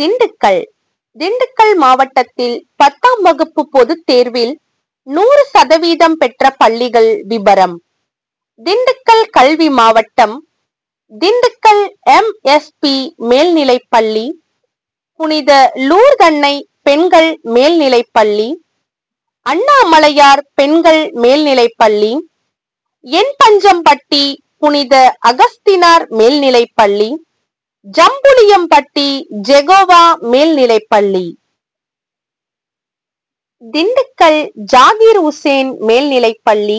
திண்டுக்கல் திண்டுக்கல் மாவட்டத்தில் பத்தாம் வகுப்பு பொதுத்தேர்வில் நூறு சதவீதம் பெற்ற பள்ளிகள் விபரம் திண்டுக்கல் கல்வி மாவட்டம் திண்டுக்கல் எம்எஸ்பி, மேல்நிலைப் பள்ளி, புனித லூர்தன்னை பெண்கள் மேல் நிலைப்பள்ளி, அண்ணாமலையார் பெண்கள் மேல்நிலைப்பள்ளி, என்பஞ்சம்பட்டி புனித அகஸ்தினார் மேல்நிலைப்பள்ளி, ஜம்புலியம்பட்டி ஜெகோவா மேல்நிலைப்பள்ளி, திண்டுக்கல்ஜாகீர் உசேன் மேல்நிலைப்பள்ளி,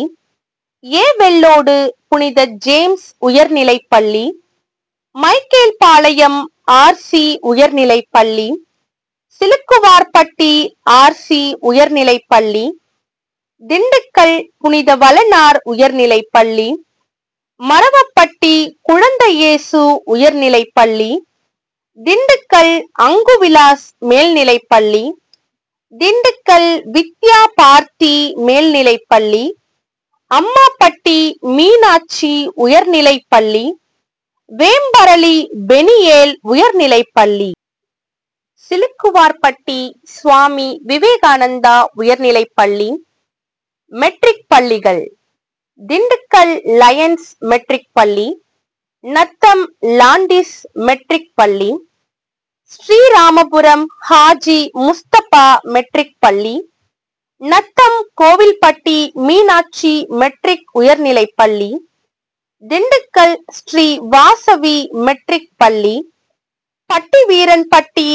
ஏவெள்ளோடு புனித ஜேம்ஸ் உயர்நிலைப்பள்ளி, மைக்கேல்பாளையம் ஆர்சி, உயர்நிலைப்பள்ளி, சிலுக்குவார்பட்டி ஆர்சி, உயர்நிலைப்பள்ளி, திண்டுக்கல் புனித வளனார் உயர்நிலைப்பள்ளி, மறவப்பட்டி குழந்தை இயேசு உயர்நிலைப்பள்ளி, திண்டுக்கல் அங்குவிலாஸ் மேல்நிலைப்பள்ளி, திண்டுக்கல் வித்யாபார்த்தி மேல்நிலைப்பள்ளி, அம்மாபட்டி மீனாட்சி உயர்நிலைப்பள்ளி, வேம்பரளி பெனியேல் உயர்நிலைப்பள்ளி, சிலுக்குவார்பட்டி சுவாமி விவேகானந்தா உயர்நிலைப்பள்ளி மெட்ரிக் பள்ளிகள் திண்டுக்கல் லயன்ஸ் மெட்ரிக் பள்ளி, நத்தம் லாண்டீஸ் மெட்ரிக் பள்ளி, ஸ்ரீராமபுரம் ஹாஜி முஸ்தபா மெட்ரிக் பள்ளி, நத்தம் கோவில்பட்டி மீனாட்சி மெட்ரிக் உயர்நிலைப்பள்ளி, திண்டுக்கல் ஸ்ரீவாசவி மெட்ரிக் பள்ளி, பட்டிவீரன்பட்டி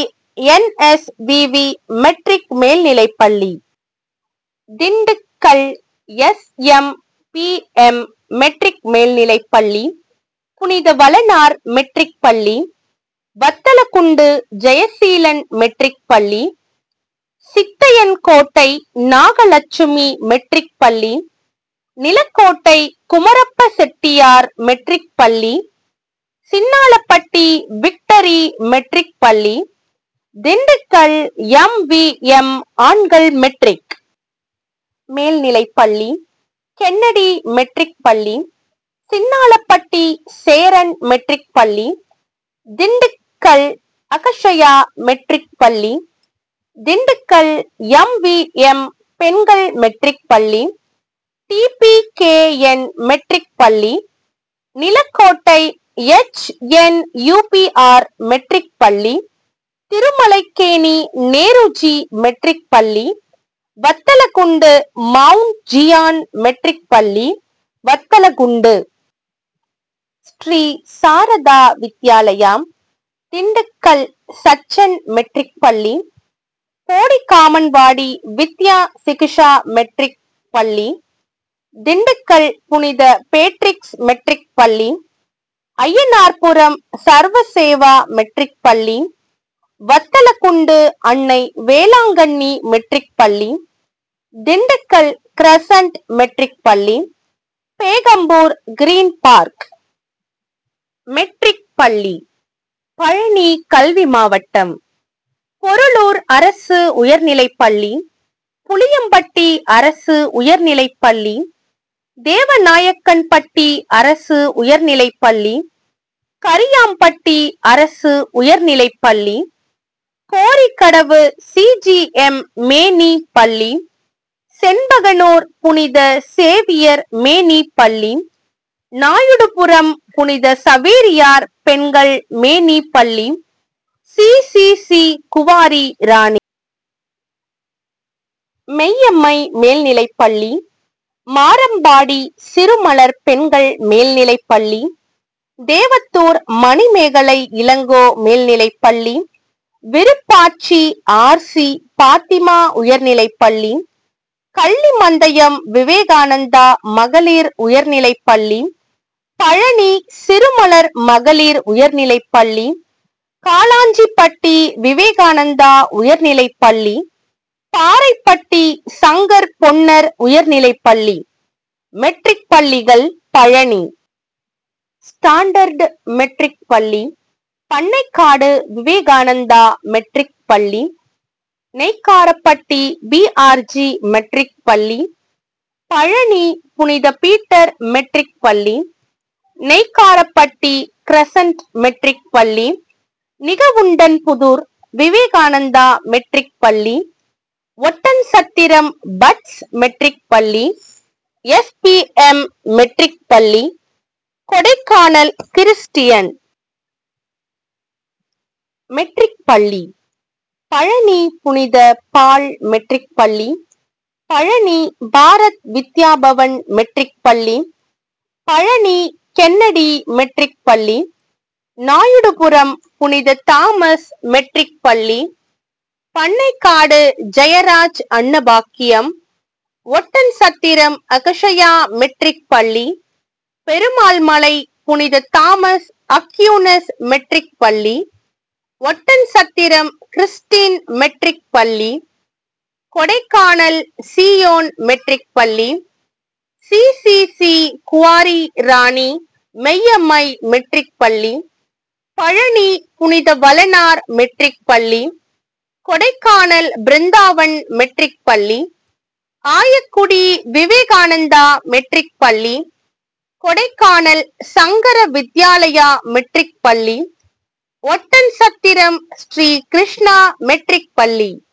என்எஸ் விவி, மெட்ரிக் மேல்நிலைப்பள்ளி, திண்டுக் கல் எஸ்எம்பிஎம், மெட்ரிக் மேல்நிலைப் பள்ளி, புனித வளனார் மெட்ரிக் பள்ளி, வத்தலக்குண்டு ஜெயசீலன் மெட்ரிக் பள்ளி, சித்தையன் கோட்டை நாகலட்சுமி மெட்ரிக் பள்ளி, நிலக்கோட்டை குமரப்ப செட்டியார் மெட்ரிக் பள்ளி, சின்னாளபட்டி விக்டரி மெட்ரிக் பள்ளி, திண்டுக்கல் எம்வி எம், ஆண்கள் மெட்ரிக் மேல்நிலைப்பள்ளி, கென்னடி மெட்ரிக் பள்ளி, சின்னாளபட்டி சேரன் மெட்ரிக் பள்ளி, திண்டுக் கல் அக்ஷயா மெட்ரிக் பள்ளி, திண்டுக்கல் எம்விஎம், பெண்கள் மெட்ரிக் பள்ளி, டிபிகேஎன் மெட்ரிக் பள்ளி, நிலக்கோட்டை எச்என்யூபிஆர், மெட்ரிக் பள்ளி, திருமலைக்கேணி நேருஜி மெட்ரிக் பள்ளி, வத்தலக்குண்டு மவுண்ட் ஜியான் மெட்ரிக் பள்ளி, வத்தலக்குண்டு ஸ்ரீசாரதா வித்யாலயா, திண்டுக் கல் சச்சன் மெட்ரிக் பள்ளி, போடிகாமன்வாடி வித்யா சிக்ஷா மெட்ரிக் பள்ளி, திண்டுக்கல் புனித பேட்ரிக்ஸ் மெட்ரிக் பள்ளி, அய்யனார்புரம் சர்வசேவா மெட்ரிக் பள்ளி, வத்தலக்குண்டு அன்னை வேளாங்கன்னி மெட்ரிக் பள்ளி, திண்டுக்கல் கிரசன்ட் மெட்ரிக் பள்ளி, பேகம்பூர் கிரீன் பார்க் மெட்ரிக் பள்ளி பழநி கல்வி மாவட்டம் பொருளூர் அரசு உயர்நிலைப்பள்ளி, புளியம்பட்டி அரசு உயர்நிலைப்பள்ளி, தேவநாயக்கன்பட்டி அரசு உயர்நிலைப்பள்ளி, கரியாம்பட்டி அரசு உயர்நிலைப் பள்ளி, கோரிக்கடவு சிஜிஎம், மேநி, பள்ளி, செண்பகனூர் புனித சேவியர் மேநி, பள்ளி, நாயுடுபுரம் புனித சவேரியார் பெண்கள் மேநி, பள்ளி, சிசிசி, குவாரி ராணி மெய்யம்மை மேல்நிலைப்பள்ளி, மாரம்பாடி சிறுமலர் பெண்கள் மேல்நிலைப்பள்ளி, தேவத்தூர் மணிமேகலை இளங்கோ மேல்நிலைப்பள்ளி, விருப்பாட்சி ஆர்சி, பாத்திமா உயர்நிலைப்பள்ளி, கள்ளிமந்தயம் விவேகானந்தா மகளிர் உயர்நிலைப்பள்ளி, பழநி சிறுமலர் மகளிர் உயர்நிலைப்பள்ளி, காளாஞ்சிபட்டி விவேகானந்தா உயர்நிலைப் பள்ளி, பாறைப்பட்டி சங்கர் பொன்னர் உயர்நிலைப்பள்ளி மெட்ரிக் பள்ளிகள் பழநி ஸ்டாண்டர்டு மெட்ரிக் பள்ளி, பண்ணைக்காடு விவேகானந் தா மெட்ரிக்பள்ளி, நெய்க்காரப்பட்டி பிஆர்ஜி, மெட்ரிக் பள்ளி, பழநி புனித பீட்டர் மெட்ரிக் பள்ளி, நெய்க்காரப்பட்டி கிரசன்ட் மெட்ரிக் பள்ளி, நிகவுண்டன்புதூர் விவேகானந்தா மெட்ரிக் பள்ளி, ஒட்டன்சத்திரம் பட்ஸ் மெட்ரிக் பள்ளி, எஸ்பிஎம், மெட்ரிக் பள்ளி, கொடைக்கானல் கிறிஸ்டியன் மெட்ரிக் பள்ளி, பழநி புனித பால் மெட்ரிக் பள்ளி, பழநி பாரத் வித்யாபவன் மெட்ரிக் பள்ளி, பழநி கென்னடி மெட்ரிக் பள்ளி, நாயுடுபுரம் புனித தாமஸ் மெட்ரிக் பள்ளி, பண்ணைக்காடு ஜெயராஜ் அன்னபாக்கியம், ஒட்டன்சத்திரம் அக்ஷயா மெட்ரிக் பள்ளி, பெருமாள் மலை புனித தாமஸ் அக்யூனஸ் மெட்ரிக் பள்ளி, ஒட்டன்சத்திரம் கிறிஸ்டின் மெட்ரிக் பள்ளி, கொடைக்கானல் சீயோன் மெட்ரிக் பள்ளி, சிசிசி, குவாரி ராணி மெய்யம்மை மெட்ரிக் பள்ளி, பழநி புனித வளனார் மெட்ரிக் பள்ளி கொடைக்கானல் பிருந்தாவன் மெட்ரிக் பள்ளி, ஆயக்குடி விவேகானந்தா மெட்ரிக் பள்ளி, கொடைக்கானல் சங்கர வித்யாலயா மெட்ரிக் பள்ளி, ஒட்டன்சத்திரம் ஸ்ரீகிருஷ்ணா மெட்ரிக் பள்ளி.